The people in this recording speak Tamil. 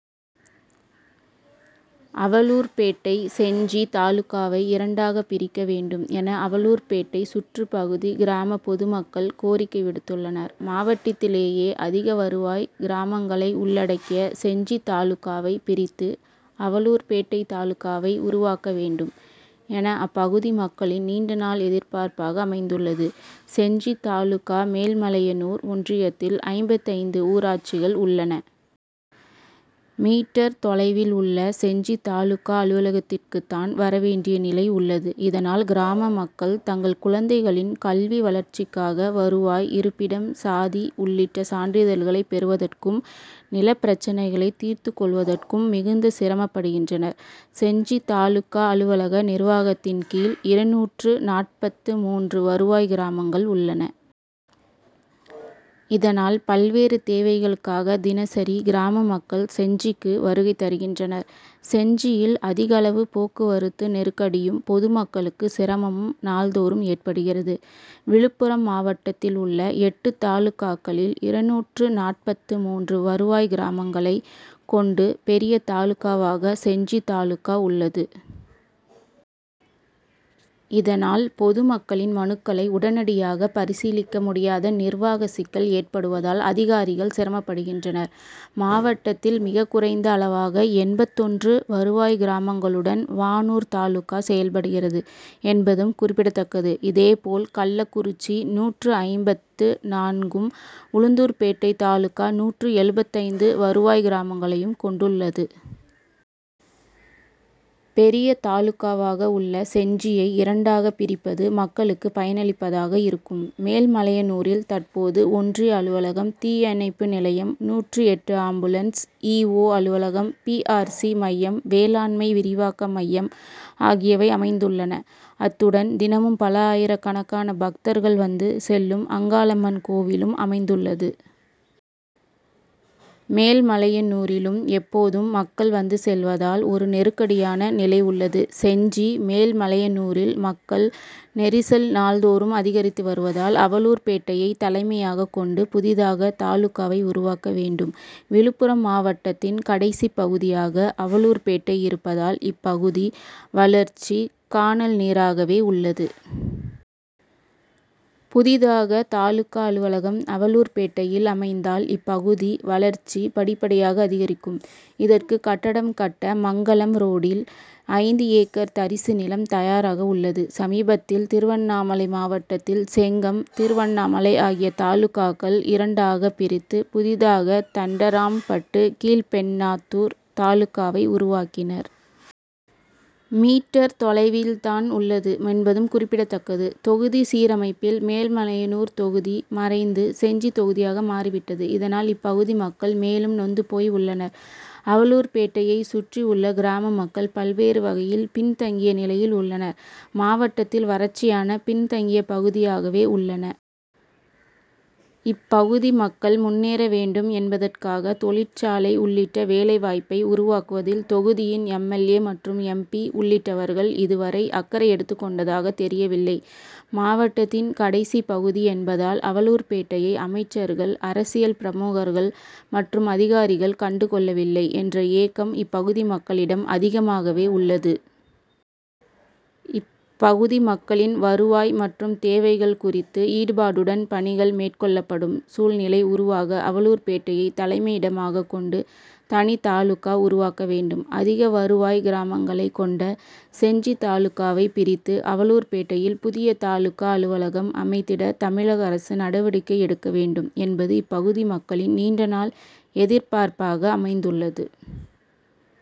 அவலூர்பேட்டை:செஞ்சி தாலுகாவை இரண்டாக பிரிக்க வேண்டும் என அவலூர்பேட்டை சுற்றுப் பகுதி கிராம பொதுமக்கள் கோரிக்கை விடுத்துள்ளனர். மாவட்டத்திலேயே அதிக வருவாய் கிராமங்களை உள்ளடக்கிய செஞ்சி தாலுகாவை பிரித்து அவலூர்பேட்டை தாலுகாவை உருவாக்க வேண்டும் என அப்பகுதி மக்களின் நீண்டநாள் எதிர்ப்பார்ப் பாக அமைந்துள்ளது. செஞ்சி தாலுகா மேல்மலையனூர் ஒன்றியத்தில் ஐம்பத்தைந்து ஊராட்சிகள் உள்ளன. மீ., தொலைவில் உள்ள செஞ்சி தாலுகா அலுவலகத்திற்குத்தான் வர வேண்டிய நிலை உள்ளது. இதனால் கிராம மக்கள் தங்கள் குழந்தைகளின் கல்வி வளர்ச் சிக்காக வருவாய், இருப்பிடம், சாதி உள்ளிட்ட சான்றிதழ்களை பெறுவதற்கும், நில பிரச்னைகளை தீர்த்துக் கொள்வதற்கும் மிகுந்த சிரமப்படுகின்றனர். செஞ்சி தாலுகா அலுவலக நிர்வாகத்தின் கீழ் இருநூற்று நாற்பத்து மூன்று வருவாய் கிராமங்கள் உள்ளன. இதனால் பல்வேறு தேவைகளுக்காக தினசரி கிராம மக்கள் செஞ்சிக்கு வருகை தருகின்றனர். செஞ்சியில் அதிகளவு போக்குவரத்து நெருக் கடியும், பொதுமக்களுக்கு சிரமமும் நாள்தோறும் ஏற்படுகிறது. விழுப்புரம் மாவட்டத்தில் உள்ள எட்டு தாலுகாக்களில் இருநூற்று நாற்பத்து மூன்று வருவாய் கிராமங்களை கொண்டு பெரிய தாலுகாவாக செஞ்சி தாலுகா உள்ளது. இதனால் பொதுமக்களின் மனுக்களை உடனடியாக பரிசீலிக்க முடியாத நிர்வாக சிக்கல் ஏற்படுவதால் அதிகாரிகள் சிரமப்படுகின்றனர். மாவட்டத்தில் மிகக்குறைந்த அளவாக எண்பத்தொன்று வருவாய் கிராமங்களுடன் வானூர் தாலுகா செயல்படுகிறது என்பதும் குறிப்பிடத்தக்கது. இதே போல் கள்ளக்குறிச்சி நூற்று ஐம்பத்து நான்கும், உளுந்தூர்பேட்டை தாலுகா நூற்று எழுபத்தைந்து வருவாய் கிராமங்களையும் கொண்டுள்ளது. பெரிய தாலுகாவாக உள்ள செஞ்சியை இரண்டாக பிரிப்பது மக்களுக்கு பயனளிப்பதாக இருக்கும். மேல்மலையனூரில் தற்போது ஒன்றிய அலுவலகம், தீயணைப்பு நிலையம், நூற்று எட்டு ஆம்புலன்ஸ் இ. ஓ., அலுவலகம், பி. ஆர். சி., மையம், வேளாண்மை விரிவாக்க மையம் ஆகியவை அமைந் துள்ளன. அத்துடன் தினமும் பல ஆயிரக்கணக்கான பக்தர்கள் வந்து செல்லும் அங்காளம்மன் கோவிலும் அமைந்துள்ளது. மேல்மலையனூரிலும் எப்போதும் மக்கள் வந்து செல்வதால் ஒரு நெருக்கடியான நிலை உள்ளது. செஞ்சி, மேல்மலையனூரில் மக்கள் நெரிசல் நாள்தோறும் அதிகரித்து வருவதால் அவலூர் பேட்டையை தலைமையாக கொண்டு புதிதாக தாலுகாவை உருவாக்க வேண்டும். விழுப்புரம் மாவட்டத்தின் கடைசிப்பகுதியாக அவலூர்பேட்டை இருப்பதால் இப்பகுதி வளர்ச்சி கானல் நீராகவே உள்ளது. புதிதாக தாலுகா அலுவலகம் அவலூர்பேட்டையில் அமைந்தால் இப்பகுதி வளர்ச்சி படிப்படியாக அதிகரிக்கும். இதற்கு கட்டடம் கட்ட மங்கலம் ரோடில் ஐந்து ஏக்கர் தரிசு நிலம் தயாராக உள்ளது. சமீபத்தில் திருவண்ணாமலை மாவட்டத்தில் செங்கம், திருவண்ணாமலை ஆகிய தாலுகாக்கள் இரண்டாக பிரித்து புதிதாக தண்டராம்பட்டு, கீழ்பெண் ணாத்தூர் தாலுகாவை உருவாக்கினர். மீ., தொலைவில் தான் உள்ளது என்பதும் குறிப்பிடத்தக்கது. தொகுதி சீரமைப்பில் மேல்மலையனூர் தொகுதி மறைந்து செஞ்சி தொகுதியாக மாறிவிட்டது. இதனால் இப்பகுதி மக்கள் மேலும் நொந்து போய் உள்ளனர். அவலூர்பேட்டையை சுற்றி உள்ள கிராம மக்கள் பல்வேறு வகையில் பின்தங்கிய நிலையில் உள்ளனர். மாவட்டத் தில் வறட்சியான பின்தங்கிய பகுதியாகவே உள்ளன. இப்பகுதி மக்கள் முன்னேற வேண்டும் என் பதற்காக தொழிற்சாலை உள் ளிட்ட வேலை வாய்ப்பை உருவாக்குவதில் தொகுதியின் எம். எல். ஏ., மற்றும் எம். பி., உள்ளிட் டவர்கள் இதுவரை அக்கறை எடுத்துக் கொண்டதாக தெரியவில்லை. மாவட்டத்தின் கடைசி பகுதி என்பதால் அவலூர்பேட் டையை அமைச்சர்கள், அரசியல் பிரமுகர்கள் மற்றும் அதிகாரிகள் கண்டு கொள்ளவில்லை என்ற ஏக்கம் இப்பகுதி மக்களிடம் அதிகமாகவே உள்ளது. இப்பகுதி மக்களின் வருவாய் மற்றும் தேவைகள் குறித்து ஈடுபாடுடன் பணிகள் மேற்கொள்ளப்படும் சூழ்நிலை உருவாக அவலூர்பேட்டையை தலைமையிடமாக கொண்டு தனி தாலுகா உருவாக்க வேண்டும். அதிக வருவாய் கிராமங்களை கொண்ட செஞ்சி தாலுகாவை பிரித்து அவலூர்பேட்டையில் புதிய தாலுகா அலுவலகம் அமைத்திட தமிழக அரசு நடவடிக்கை எடுக்க வேண்டும் என்பது இப்பகுதி மக்களின் நீண்டநாள் எதிர்பார்ப்பாக அமைந்துள்ளது.